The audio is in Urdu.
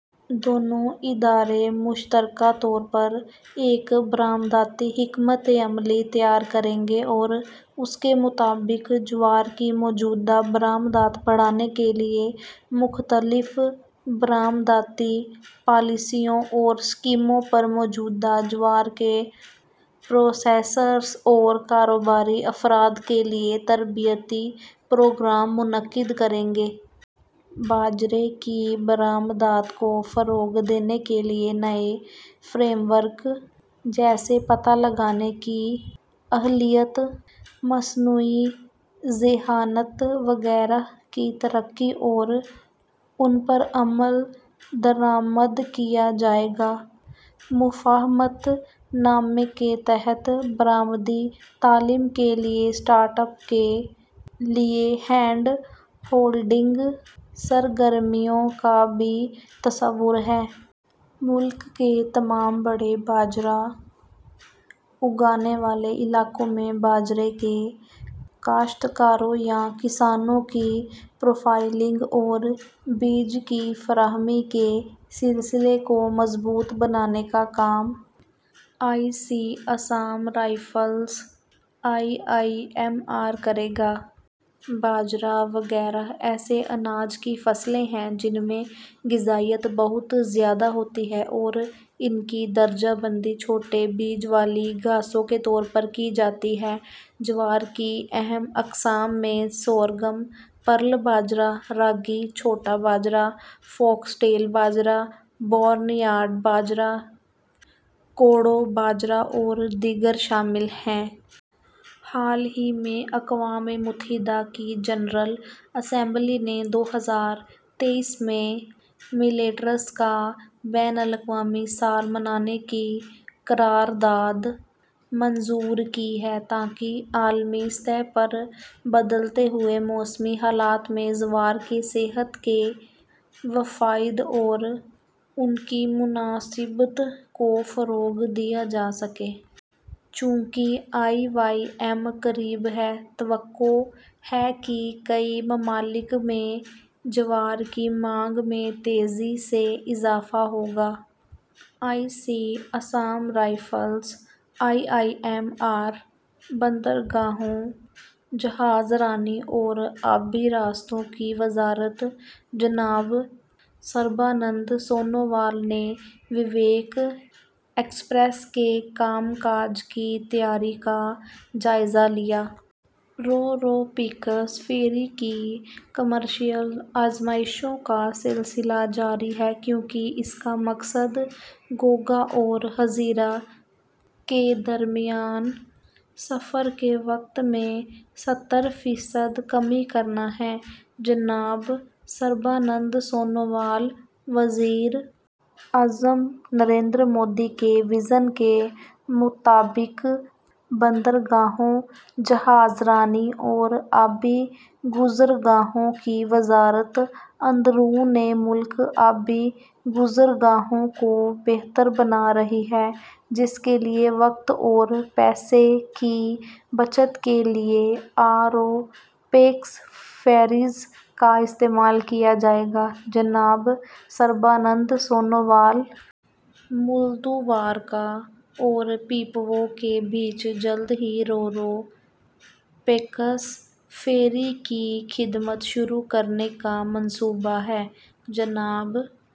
دونوں ادارے مشترکہ طور پر ایک برآمداتی حکمتِ عملی تیار کریں گے اور اس کے مطابق جوار کی موجودہ برآمدات بڑھانے کے لیے مختلف برآمداتی پالیسیوں اور اسکیموں پر موجودہ جوار کے پروسیسرز اور کاروباری افراد کے لیے تربیتی پروگرام منعقد کریں گے۔ باجرے کی برآمدات کو فروغ دینے کے لیے نئے فریم ورک، جیسے پتہ لگانے کی اہلیت، مصنوعی ذہانت وغیرہ، کی ترقی اور ان پر عمل درآمد کیا جائے گا۔ مفاہمت نامے کے تحت برآمدی تعمیل کے لیے اسٹارٹ اپس کے لیے ہینڈ ہولڈنگ سرگرمیوں کا بھی تصور ہے۔ ملک کے تمام بڑے باجرہ اگانے والے علاقوں میں باجرے کے کاشتکاروں یا کسانوں کی پروفائلنگ اور بیج کی فراہمی کے سلسلے کو مضبوط بنانے کا کام I C A R I I M R کرے گا۔ باجرہ وغیرہ ایسے اناج کی فصلیں ہیں جن میں غذائیت بہت زیادہ ہوتی ہے اور ان کی درجہ بندی چھوٹے بیج والی گھاسوں کے طور پر کی جاتی ہے۔ جوار کی اہم اقسام میں سورگم، پرل باجرہ، راگی، چھوٹا باجرہ، فاکس ٹیل باجرہ، بارن یارڈ باجرہ، کوڈو باجرہ اور دیگر شامل ہیں۔ حال ہی میں، اقوام متحدہ کی جنرل اسمبلی نے دو ہزار تئیس میں ملیٹس کا بین الاقوامی سال منانے کی قرارداد منظور کی ہے تاکہ عالمی سطح پر بدلتے ہوئے موسمی حالات میں جوار کے صحت کے فوائد اور ان کی مناسبت کو فروغ دیا جا سکے۔ چونکہ آئی وائی ایم قریب ہے، توقع ہے کہ کئی ممالک میں جوار کی مانگ میں تیزی سے اضافہ ہوگا۔ I C A R I I M R. بندرگاہوں، جہاز رانی اور آبی راستوں کی وزارت جناب سربانند سونووال نے وویک ایکسپریس کے کام کاج کی تیاری کا جائزہ لیا۔ رو رو پیکس فیری کی کمرشل آزمائشوں کا سلسلہ جاری ہے، کیونکہ اس کا مقصد گھوگھا اور ہزیرا کے درمیان سفر کے وقت میں ستر فیصد کمی کرنا ہے: جناب سربانند سونووال۔ وزیر اعظم نریندر مودی کے وژن کے مطابق، بندرگاہوں، جہاز رانی اور آبی گزرگاہوں کی وزارت اندرونِ ملک آبی گزرگاہوں کو بہتر بنا رہی ہے، جس کے لیے وقت اور پیسے کی بچت کے لیے آر او پیکس فیریز کا استعمال کیا جائے گا: جناب سربانند سونووال۔ ملدوارکا اور پیپاوو کے درمیان جلد ہی رو رو پیکس فیری کی خدمات شروع کرنے کا منصوبہ ہے: جناب